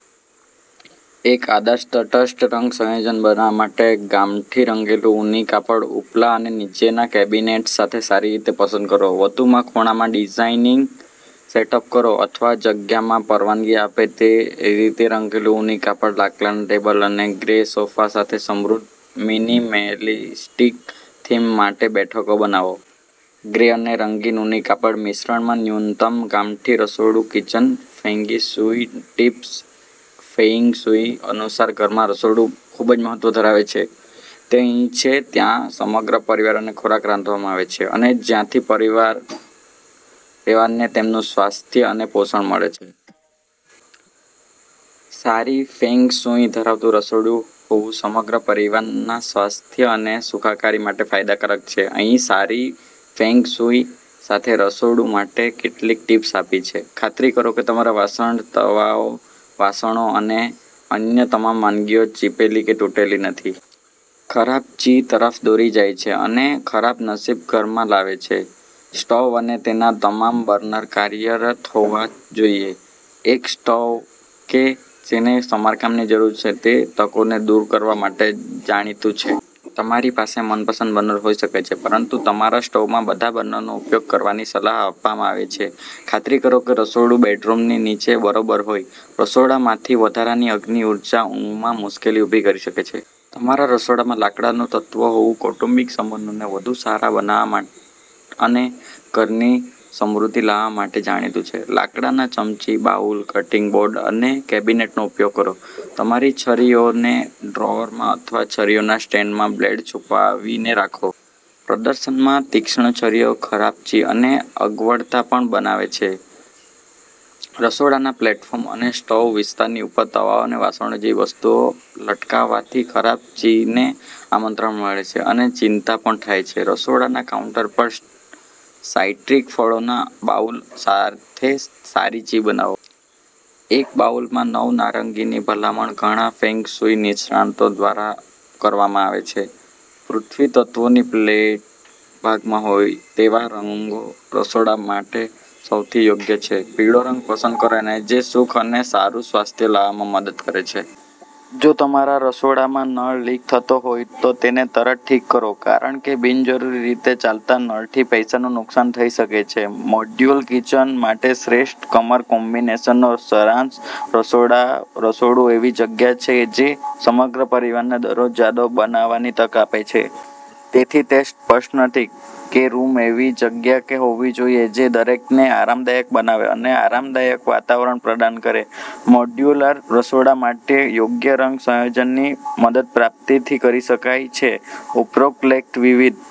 એક આદર્શ તટસ્થ રંગ સંયોજન બનાવવા માટે ગામઠીરંગેલું ઊની કાપડ ઉપલા અને નીચલા કેબિનેટ્સ સાથે સારી રીતે પસંદ કરો. વધુમાં, ખૂણામાં ડાઇનિંગ સેટઅપ કરો અથવા જગ્યામાં પરવાનગી આપે તે રીતેરંગેલું ઊની કાપડ લાકડાના ટેબલ અને ગ્રે સોફા સાથે સમૃદ્ધ મિનિમેલિસ્ટિક થીમ માટે બેઠકો બનાવો. ગ્રે અને રંગીન ઊની કાપડ મિશ્રણમાં ન્યૂનતમ, ગામઠી રસોડું kitchen feng shui tips feng shui અનુસાર ઘરમાં રસોડું ખૂબ મહત્વ ધરાવે છે. તે અહીં છે જ્યાં સમગ્ર પરિવાર માટે ખોરાક રાંધવામાં આવે છે અને જ્યાંથી પરિવારને તેમનું સ્વાસ્થ્ય અને પોષણ મળે છે. સારી ફેંગશુઈ ધરાવતું રસોડું હોવુંસમગ્ર પરિવારના સ્વાસ્થ્ય અને સુખાકારી માટે ફાયદાકારક છે. અહીં સારી ફેંગ શુઇ સાથે રસોડું માટે કેટલીક ટીપ્સ આપી છે- ખાતરી કરો કે તમારા વાસણ, તવાઓ, વાસણો અને અન્ય તમામ વાનગીઓ ચીપેલી કે તૂટેલી નથી. ખરાબ ચી તરફ દોરી જાય છે અને ખરાબ નસીબ ઘરમાં લાવે છે. સ્ટોવ અને તેના તમામ બર્નર કાર્યરત હોવા જોઈએ. એક સ્ટોવ કે જેને સમારકામની જરૂર છે તે તકોને દૂર કરવા માટે જાણીતું છે. તમારી પાસે મનપસંદ બર્નર હોઈ શકે છે, પરંતુ તમારા સ્ટોવમાં બધા બર્નરનો ઉપયોગ કરવાની સલાહ આપવામાં આવે છે. ખાતરી કરો કે રસોડું બેડરૂમની નીચે બરાબરહોય. રસોડામાંથી વધારાની અગ્નિ ઉર્જા ઊંઘમાં મુશ્કેલી ઊભી કરી શકે છે. તમારા રસોડામાં લાકડાનું તત્વ હોવુંકૌટુંબિક સંબંધોને વધુ સારા બનાવવામાં અને ઘરની સમૃદ્ધિ લાવવા માટે જાણીતું છે. લાકડાના ચમચી, બાઉલ, કટિંગ બોર્ડ અને કેબિનેટનો ઉપયોગ કરો. તમારી છરીઓને ડ્રોઅરમાં અથવા છરીના સ્ટેન્ડમાં બ્લેડ છુપાવીને રાખો. પ્રદર્શનમાં તીક્ષ્ણ છરીઓ ખરાબ ચી અને અગવડતા પણ બનાવે છે. રસોડાના પ્લેટફોર્મ અથવા સ્ટોવ વિસ્તારની ઉપર તવાઓ અને વાસણો જેવી વસ્તુઓ લટકાવવાથી ખરાબ ચીને આમંત્રણ મળે છે અને ચિંતા પણ થાય છે. રસોડાના કાઉન્ટર પર સાઇટ્રસ ફળોના બાઉલ સાથે સારી ચી બનાવો. એક બાઉલમાં નવ નારંગીની ભલામણ ઘણા ફેંગ શુઇ નિષ્ણાતો દ્વારા કરવામાં આવે છે. પૃથ્વી તત્વોની પેલેટનો ભાગ હોય તેવા રંગો રસોડા માટે સૌથી યોગ્ય છે. પીળો રંગ પસંદ કરો જે સુખ અને સારું સ્વાસ્થ્ય લાવવામાં મદદ કરે છે. જો તમારા રસોડામાં નળ લીક થતો હોય તો તેને તરત ઠીક કરો, કારણ કે બિનજરૂરી રીતે ચાલતા નળથી પૈસાનું નુકસાન થઈ શકે છે. મોડ્યુલર કિચન માટે શ્રેષ્ઠ કલર કોમ્બિનેશનનો સારાંશ રસોડુંએવી જગ્યા છે જે સમગ્ર પરિવારને દરરોજ યાદો બનાવવાની તક આપે છે. તેથી, તે સ્પષ્ટ નથી કેરૂમ એવી જગ્યા હોવી જોઈએ જે દરેકને આરામદાયક બનાવે અને આરામદાયક વાતાવરણ પ્રદાન કરે. મોડ્યુલર રસોડા માટે યોગ્ય રંગ સંયોજનની મદદથીપ્રાપ્ત કરી શકાય છે. ઉપરોક્ત લેખ વિવિધ